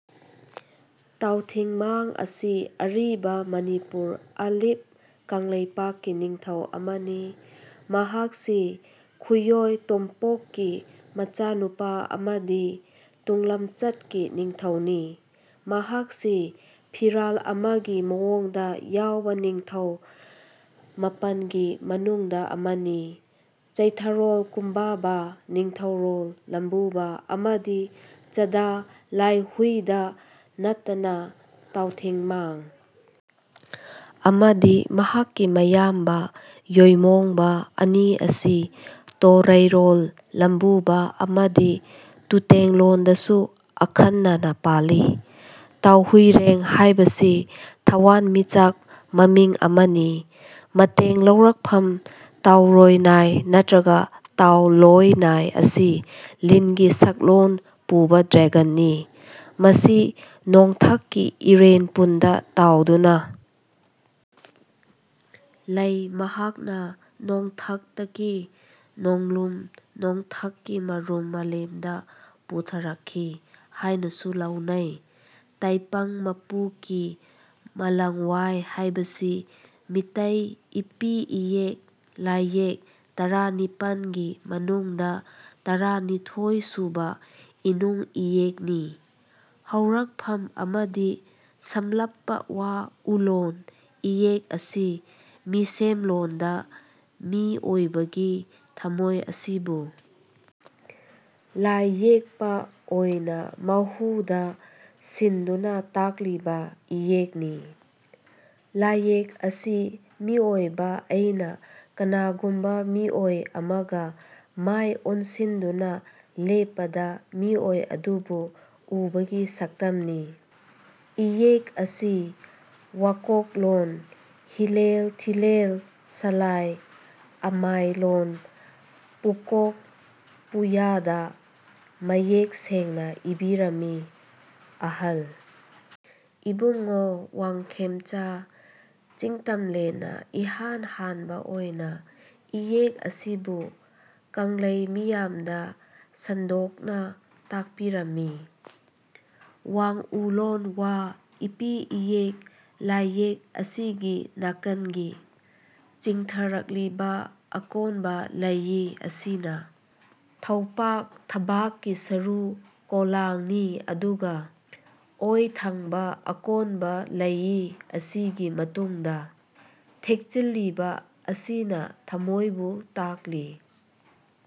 ꯇꯥꯎꯊꯤꯡꯃꯥꯡ ꯑꯁꯤ ꯑꯔꯤꯕ ꯃꯅꯤꯄꯨꯔ ꯑꯂꯤꯞ ꯀꯪꯂꯩꯄꯥꯛꯀꯤ ꯅꯤꯡꯊꯧ ꯑꯃꯅꯤ꯫ ꯃꯍꯥꯛꯁꯤ ꯈꯨꯌꯣꯏ ꯇꯣꯝꯄꯣꯛꯀꯤ ꯃꯆꯥꯅꯨꯄꯥ ꯑꯃꯗꯤ ꯇꯨꯡꯂꯝꯆꯠꯀꯤ ꯅꯤꯡꯊꯧꯅꯤ꯫ ꯃꯍꯥꯛꯁꯤ ꯐꯤꯔꯥꯜ ꯑꯃꯒꯤ ꯃꯑꯣꯡꯗ ꯌꯥꯎꯕ ꯅꯤꯡꯊꯧ ꯃꯥꯄꯟꯒꯤ ꯃꯅꯨꯡꯗ ꯑꯃꯅꯤ꯫ ꯆꯩꯊꯥꯔꯣꯜ ꯀꯨꯝꯕꯥꯕ ꯅꯤꯡꯊꯧꯔꯣꯜ ꯂꯝꯕꯨꯕ ꯑꯃꯗꯤ ꯆꯗꯥ ꯂꯥꯏꯍꯨꯏꯗ ꯅꯠꯇꯅ ꯇꯥꯎꯊꯤꯡꯃꯥꯡ ꯑꯃꯗꯤ ꯃꯍꯥꯛꯀꯤ ꯃꯌꯥꯝꯕ ꯌꯣꯏꯃꯣꯡꯕ ꯑꯅꯤ ꯑꯁꯤ ꯇꯣꯔꯩꯔꯣꯜ ꯂꯝꯕꯨꯕ ꯑꯃꯗꯤ ꯇꯨꯇꯦꯡꯂꯣꯟꯗꯁꯨ ꯑꯈꯟꯅꯅ ꯄꯜꯂꯤ꯫ ꯇꯥꯎꯍꯨꯏꯔꯦꯡ ꯍꯥꯏꯕꯁꯤ ꯊꯋꯥꯟꯃꯤꯆꯥꯛ ꯃꯃꯤꯡ ꯑꯃꯅꯤ꯫ ꯃꯇꯦꯡ ꯂꯧꯔꯛꯐꯝ ꯇꯥꯎꯔꯣꯏꯅꯥꯏ ꯅꯠꯇ꯭ꯔꯒ ꯇꯥꯎꯂꯣꯏꯅꯥꯢ ꯑꯁꯤ ꯂꯤꯟ ꯒꯤ ꯁꯛꯂꯣꯟ ꯄꯨꯕ ꯗ꯭ꯔꯦꯒꯟ ꯅꯤ꯫ ꯃꯁꯤ ꯅꯣꯡꯊꯛꯀꯤ ꯏꯔꯦꯟꯄꯨꯡꯗ ꯇꯥꯎꯗꯨꯅ ꯂꯩ꯫ ꯃꯍꯥꯛꯅ ꯅꯣꯡꯊꯛꯇꯀꯤ ꯅꯣꯡꯂꯨꯝ ꯅꯣꯡꯊꯛꯀꯤ ꯃꯔꯨꯝ ꯃꯥꯂꯦꯝꯗ ꯄꯨꯊꯔꯛꯈꯤ ꯍꯥꯏꯅꯁꯨ ꯂꯧꯅꯩ꯫ ꯇꯥꯏꯄꯪꯃꯄꯨꯀꯤ ꯃꯥꯂꯪꯋꯥꯏ ꯍꯥꯏꯕꯁꯤ ꯃꯤꯇꯩ ꯏꯄꯤ ꯏꯌꯦꯛ ꯂꯥꯏꯌꯦꯛ ꯇꯔꯥꯅꯤꯄꯥꯟꯒꯤ ꯃꯅꯨꯡꯗ ꯇꯔꯥꯅꯤꯊꯣꯏꯁꯨꯕ ꯏꯅꯨꯡ ꯏꯌꯦꯛꯅꯤ꯫ ꯍꯧꯔꯛꯐꯝ ꯑꯃꯗꯤ ꯁꯝꯂꯞꯄ ꯋꯥ ꯎꯂꯣꯟ ꯏꯌꯦꯛ ꯑꯁꯤ ꯃꯤꯁꯦꯝꯂꯣꯟꯗ ꯃꯤꯑꯣꯏꯕꯒꯤ ꯊꯥꯃꯣꯏ ꯑꯁꯤꯕꯨ ꯂꯥꯏꯌꯦꯛꯄ ꯑꯣꯏꯅ ꯃꯍꯨꯠ ꯁꯤꯟꯗꯨꯅ ꯇꯥꯛꯂꯤꯕ ꯏꯌꯦꯛꯅꯤ꯫ ꯂꯥꯏꯌꯦꯛ ꯑꯁꯤ ꯃꯤꯑꯣꯏꯕ ꯑꯩꯅ ꯀꯅꯥꯒꯨꯃꯕ ꯃꯤꯑꯣꯏ ꯑꯃꯒ ꯃꯥꯏ ꯑꯣꯟꯁꯤꯟꯗꯨꯅ ꯂꯦꯞꯄꯗ ꯃꯤꯑꯣꯏ ꯑꯗꯨꯕꯨ ꯎꯕꯒꯤ ꯁꯛꯇꯝꯅꯤ꯫ ꯏꯌꯦꯛ ꯑꯁꯤ ꯋꯥꯀꯣꯛꯂꯣꯟ ꯍꯤꯂꯦꯜ ꯊꯤꯂꯦꯜ ꯁꯂꯥꯏ ꯑꯃꯥꯏꯂꯣꯟ ꯄꯨꯀꯣꯛ ꯄꯨꯌꯥꯗ ꯃꯌꯦꯛ ꯁꯦꯡꯅ ꯏꯕꯤꯔꯝꯃꯤ꯫ ꯑꯍꯜ ꯏꯕꯨꯡꯉꯣ ꯋꯥꯡꯈꯦꯝꯆꯥ ꯆꯤꯡꯇꯝꯂꯦꯟꯅ ꯏꯍꯥꯟ ꯍꯥꯟꯕ ꯑꯣꯏꯅ ꯏꯌꯦꯛ ꯑꯁꯤꯕꯨ ꯀꯪꯂꯩ ꯃꯤꯌꯥꯝꯗ ꯁꯟꯗꯣꯛꯅ ꯇꯥꯛꯄꯤꯔꯝꯃꯤ꯫ ꯋꯥꯡꯎꯂꯣꯟ ꯋ ꯏꯄꯤ ꯏꯌꯦꯛ ꯂꯥꯏꯌꯦꯛ ꯑꯁꯤꯒꯤ ꯅꯥꯀꯟꯒꯤ ꯆꯤꯡꯊꯔꯛꯂꯤꯕ ꯑꯀꯣꯟꯕ ꯂꯩꯏ ꯑꯁꯤꯅ ꯊꯧꯄꯥꯛ ꯊꯕꯥꯛꯀꯤ ꯁꯔꯨ ꯀꯣꯂꯥꯡꯅꯤ ꯑꯗꯨꯒ ꯑꯣꯏꯊꯪꯕ ꯑꯀꯣꯟꯕ ꯂꯩꯏ ꯑꯁꯤꯒꯤ ꯃꯇꯣꯟꯗ ꯊꯦꯛꯆꯤꯟꯂꯤꯕ ꯑꯁꯤꯅ ꯊꯃꯣꯏꯕꯨ ꯇꯥꯛꯂꯤ꯫